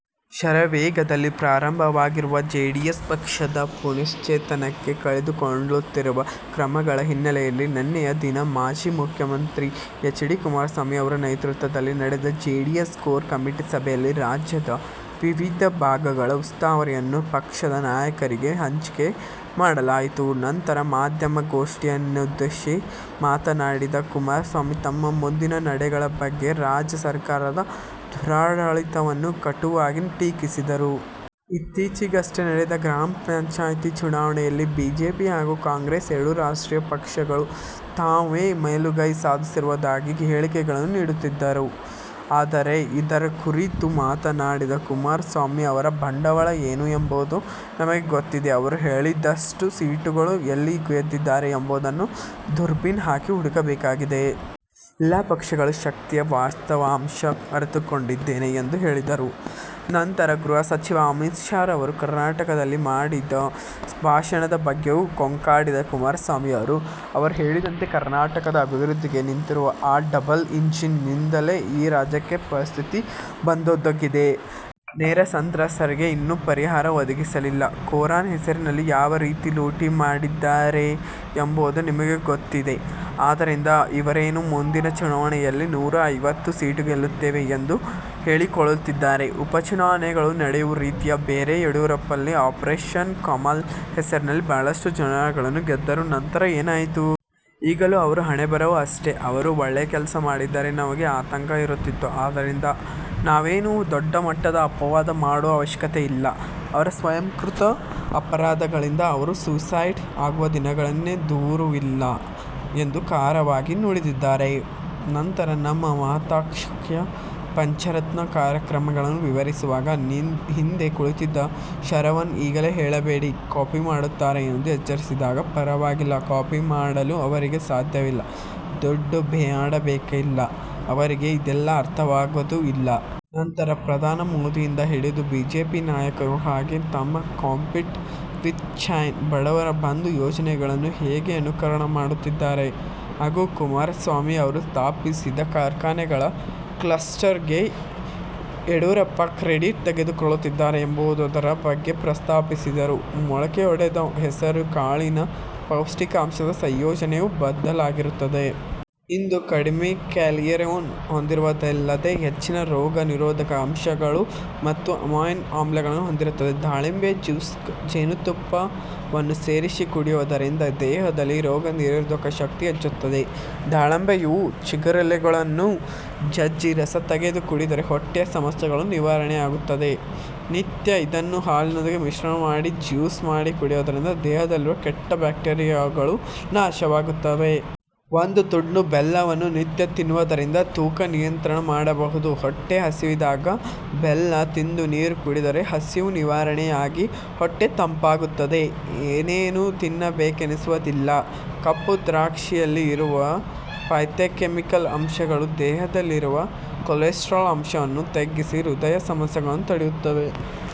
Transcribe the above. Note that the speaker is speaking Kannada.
ಶರವೇಗದಲ್ಲಿ ಪ್ರಾರಂಭವಾಗಿರುವ ಜೆಡಿಎಸ್ ಪಕ್ಷದ ಪುನಶ್ಚೇತನಕ್ಕೆ ತೆಗೆದುಕೊಳ್ಳುತ್ತಿರುವ ಕ್ರಮಗಳ ಹಿನ್ನಲೆಯಲ್ಲಿ ನೆನ್ನೆಯ ದಿನ ಮಾಜಿ ಮುಖ್ಯಮಂತ್ರಿ ಹೆಚ್. ಡಿ ಕುಮಾರಸ್ವಾಮಿ ಅವರ ನೇತೃತ್ವದಲ್ಲಿ ನಡೆದ ಜೆಡಿಎಸ್ ಕೋರ್ ಕಮಿಟಿ ಸಭೆಯಲ್ಲಿ ರಾಜ್ಯದ ವಿವಿಧ ಭಾಗಗಳ ಉಸ್ತುವಾರಿಯನ್ನು ಪಕ್ಷದ ನಾಯಕರಿಗೆ ಹಂಚಿಕೆ ಮಾಡಲಾಯಿತು. ನಂತರ ಮಾಧ್ಯಮಘೋಷ್ಠಿಯನ್ನುದ್ದೇಶಿಸಿ ಮಾತನಾಡಿದ ಕುಮಾರಸ್ವಾಮಿ ತಮ್ಮ ಮುಂದಿನ ನಡೆಗಳ ಬಗ್ಗೆ ಹಾಗು ರಾಜ್ಯ ಸರ್ಕಾರದ ದುರಾಡಳಿತವನ್ನು ಕಟುವಾಗಿ ಟೀಕಿಸಿದರು. ಇತ್ತೀಚೆಗಷ್ಟೇ ನಡೆದ ಗ್ರಾಮ ಪಂಚಾಯಿತಿ ಚುನಾವಣೆಯಲ್ಲಿ ಬಿಜೆಪಿ ಹಾಗು ಕಾಂಗ್ರೆಸ್ ಎರಡೂ ರಾಷ್ಟ್ರೀಯ ಪಕ್ಷಗಳು ತಾವೇ ಮೇಲುಗೈ ಸಾಧಿಸಿರುವುದಾಗಿ ಹೇಳಿಕೆಗಳನ್ನು ನೀಡುತ್ತಿದ್ದಾರೆ. ಇದರ ಕುರಿತು ಮಾತನಾಡಿದ ಕುಮಾರಸ್ವಾಮಿ 'ಅವರ ಬಂಡವಾಳ ಏನು ಎಂಬುದು ನಮಗೆ ಗೊತ್ತಿದೆ. ಅವರು ಹೇಳಿದಷ್ಟು ಸೀಟುಗಳು ಎಲ್ಲಿ ಗೆದ್ದಿದ್ದಾರೆ ಎಂಬುದನ್ನು ದುರ್ಬಿನ್ ಹಾಕಿ ಹುಡುಕಬೇಕಾಗಿದೆ. ಎಲ್ಲಾ ಪಕ್ಷಗಳ ಶಕ್ತಿಯ ವಾಸ್ತವಾಂಶ ಅರಿತುಕೊಂಡಿದ್ದೇನೆ' ಎಂದು ಹೇಳಿದರು. ನಂತರ ಗೃಹ ಸಚಿವ ಅಮಿತ್ ಶಾ ರವರು ಕರ್ನಾಟಕದಲ್ಲಿ ಮಾಡಿದ ಭಾಷಣದ ಬಗ್ಗೆಯೂ ಕೊಂಕಾಡಿದ ಕುಮಾರಸ್ವಾಮಿ ಅವರು ' ಅವರು ಹೇಳಿದಂತೆ ಕರ್ನಾಟಕದ ಅಭಿವೃದ್ಧಿಗೆ ನಿಂತಿರುವ ಆ ಡಬಲ್ ಇಂಜಿನ್ ನಿಂದಲೇ ಈ ರಾಜ್ಯಕ್ಕೆ ಪರಿಸ್ಥಿತಿ ಬಂದೊದಗಿದೆ. ನೆರೆ ಸಂತ್ರಸ್ತರಿಗೆ ಇನ್ನು ಪರಿಹಾರ ಒದಗಿಸಿಲ್ಲ. ಕೊರೋನಾ ಹೆಸರಿನಲ್ಲಿ ಯಾವ ರೀತಿ ಲೂಟಿ ಮಾಡಿದ್ದಾರೆ ಎಂಬುದು ನಿಮಗೇ ಗೊತ್ತಿದೆ. ಆದ್ದರಿಂದ ಇವರೇನು ಮುಂದಿನ ಚುನಾವಣೆಯಲ್ಲಿ ನೂರ ಐವತ್ತು ಸೀಟ್ ಗೆಲ್ಲುತ್ತೇವೆ ಎಂದು ಹೇಳಿಕೊಳ್ಳುತ್ತಿದ್ದಾರೆ, ಉಪಚುನಾವಣೆಗಳು ನಡೆಯುವ ರೀತಿಯೇ ಬೇರೆ. ಯಡಿಯೂರಪ್ಪ ರಲ್ಲಿ ಆಪರೇಷನ್ ಕಮಲಾ ಹೆಸರಿನಲ್ಲಿ ಬಹಳಷ್ಟು ಚುನಾವಣೆಗಳನ್ನು ಗೆದ್ದರು, ನಂತರ ಏನಾಯಿತು. ಈಗಲೂ ಅವರ ಹಣೆಬರಹ ಅಷ್ಟೇ. ಅವರು ಒಳ್ಳೆ ಕೆಲಸ ಮಾಡಿದ್ದಾರೆ ನಮಗೆ ಆತಂಕ ಇರುತ್ತಿತ್ತು. ಆದ್ದರಿಂದ ನಾವೇನು ದೊಡ್ಡ ಮಟ್ಟದ ಅಪವಾಧ ಮಾಡುವ ಅವಶ್ಯಕತೆ ಇಲ್ಲ, ಅವರ ಸ್ವಯಂಕೃತ ಅಪರಾಧಗಳಿಂದ ಅವರ ಸುಯಿಸೈಡ್ ಆಗುವ ದಿನಗಳೇನು ದೂರವಿಲ್ಲ ಎಂದು ಖಾರವಾಗಿ ನುಡಿದಿದ್ದಾರೆ. ನಂತರ ತಮ್ಮ ಮಹತ್ವಾಕಾಂಕ್ಷೆಯ ಪಂಚರತ್ನ ಕಾರ್ಯಕ್ರಮಗಳನ್ನು ವಿವರಿಸುವಾಗ ಹಿಂದೆ ಕುಳಿತಿದ್ದ ಶರವಣ ಈಗಲೇ ಹೇಳಬೇಡಿ ಕಾಪಿ ಮಾಡುತ್ತಾರೆ ಎಂದು ಎಚ್ಚರಿಸಿದಾಗ, ಪರವಾಗಿಲ್ಲ ಕಾಪಿ ಮಾಡಲು ಅವರಿಗೆ ಸಾಧ್ಯವಿಲ್ಲ, ದುಡ್ಡು ಮಾಡಬೇಕಲ್ಲ ಅವರಿಗೆ ಇದೆಲ್ಲ ಅರ್ಥವಾಗೋದು ಇಲ್ಲ. ನಂತರ ಪ್ರಧಾನಿ ಮೋದಿಯಿಂದ ಹಿಡಿದು ಬಿಜೆಪಿ ನಾಯಕರು ಹೇಗೆ ತಮ್ಮ'ಕಾಂಪೀಟ್ ವಿಥ್ ಚೈನಾ', 'ಬಡವರ ಬಂಧು' ಯೋಜನೆಗಳನ್ನು ಹೇಗೆ ಅನುಕರಣ ಮಾಡುತ್ತಿದ್ದಾರೆ ಹಾಗು ಕುಮಾರಸ್ವಾಮಿ ಅವರು ಸ್ಥಾಪಿಸಿದ ಕಾರ್ಖಾನೆಗಳ ಕ್ಲಸ್ಟರ್ ಗೆ ಹೇಗೆ ಯಡಿಯೂರಪ್ಪ ಕ್ರೆಡಿಟ್ ತೆಗೆದುಕೊಳ್ಳುತ್ತಿದ್ದಾರೆ ಎಂಬುದರ ಬಗ್ಗೆ ಪ್ರಸ್ತಾಪಿಸಿದರು. ಮೊಳಕೆಯೊಡೆದ ಹೆಸರು ಕಾಳಿನ ಪೌಷ್ಟಿಕಾಂಶದ ಸಂಯೋಜನೆಯು ಬದಲಾಗಿರುತ್ತದೆ. ಇದು ಕಡಿಮೆ ಕ್ಯಾಲೋರಿಯನ್ನು ಹೊಂದಿರುವುದಲ್ಲದೇ, ಹೆಚ್ಚಿನ ರೋಗ ನಿರೋಧಕ ಅಂಶಗಳು ಮತ್ತು ಅಮೈನೋ ಆಮ್ಲಗಳನ್ನು ಹೊಂದಿರುತ್ತದೆ. ದಾಳಿಂಬೆ ಜ್ಯೂಸ್ಗೆ ಜೇನು ತುಪ್ಪವನ್ನು ಸೇರಿಸಿ ಕುಡಿಯುವುದರಿಂದ ದೇಹದಲ್ಲಿ ರೋಗ ನಿರೋಧಕ ಶಕ್ತಿ ಹೆಚ್ಚುತ್ತದೆ. ದಾಳಿಂಬೆಯ ಚಿಗುರೆಲೆಗಳನ್ನು ಜಜ್ಜಿ ರಸ ತೆಗೆದು ಕುಡಿದರೆ ಹೊಟ್ಟೆಯ ಸಮಸ್ಯೆಗಳು ನಿವಾರಣೆಯಾಗುತ್ತವೆ. ನಿತ್ಯ ಇದನ್ನು ಹಾಲಿನೊಂದಿಗೆ ಮಿಶ್ರಣ ಮಾಡಿ, ಜ್ಯೂಸ್ ಮಾಡಿ ಕುಡಿಯುವುದರಿಂದ ದೇಹದಲ್ಲಿರುವ ಕೆಟ್ಟ ಬ್ಯಾಕ್ಟೀರಿಯಾಗಳು ನಾಶವಾಗುತ್ತವೆ. ಒಂದು ತುಂಡು ಬೆಲ್ಲವನ್ನು ನಿತ್ಯ ತಿನ್ನುವುದರಿಂದ ತೂಕ ನಿಯಂತ್ರಣ ಮಾಡಬಹುದು. ಹೊಟ್ಟೆ ಹಸಿವಾದಾಗ ಬೆಲ್ಲ ತಿಂದು ನೀರು ಕುಡಿದರೆ ಹಸಿವು ನಿವಾರಣೆಯಾಗಿ ಹೊಟ್ಟೆ ತಂಪಾಗುತ್ತದೆ. ಏನೇನೋ ತಿನ್ನಬೇಕೆನಿಸುವುದಿಲ್ಲ. ಕಪ್ಪು ದ್ರಾಕ್ಷಿಯಲ್ಲಿ ಇರುವ ಫೈಥೋಕೆಮಿಕಲ್ ಅಂಶಗಳು ದೇಹದಲ್ಲಿರುವ ಕೊಲೆಸ್ಟ್ರಾಲ್ ಅಂಶವನ್ನು ತಗ್ಗಿಸಿ ಹೃದಯ ಸಮಸ್ಯೆಗಳನ್ನು ತಡೆಯುತ್ತವೆ.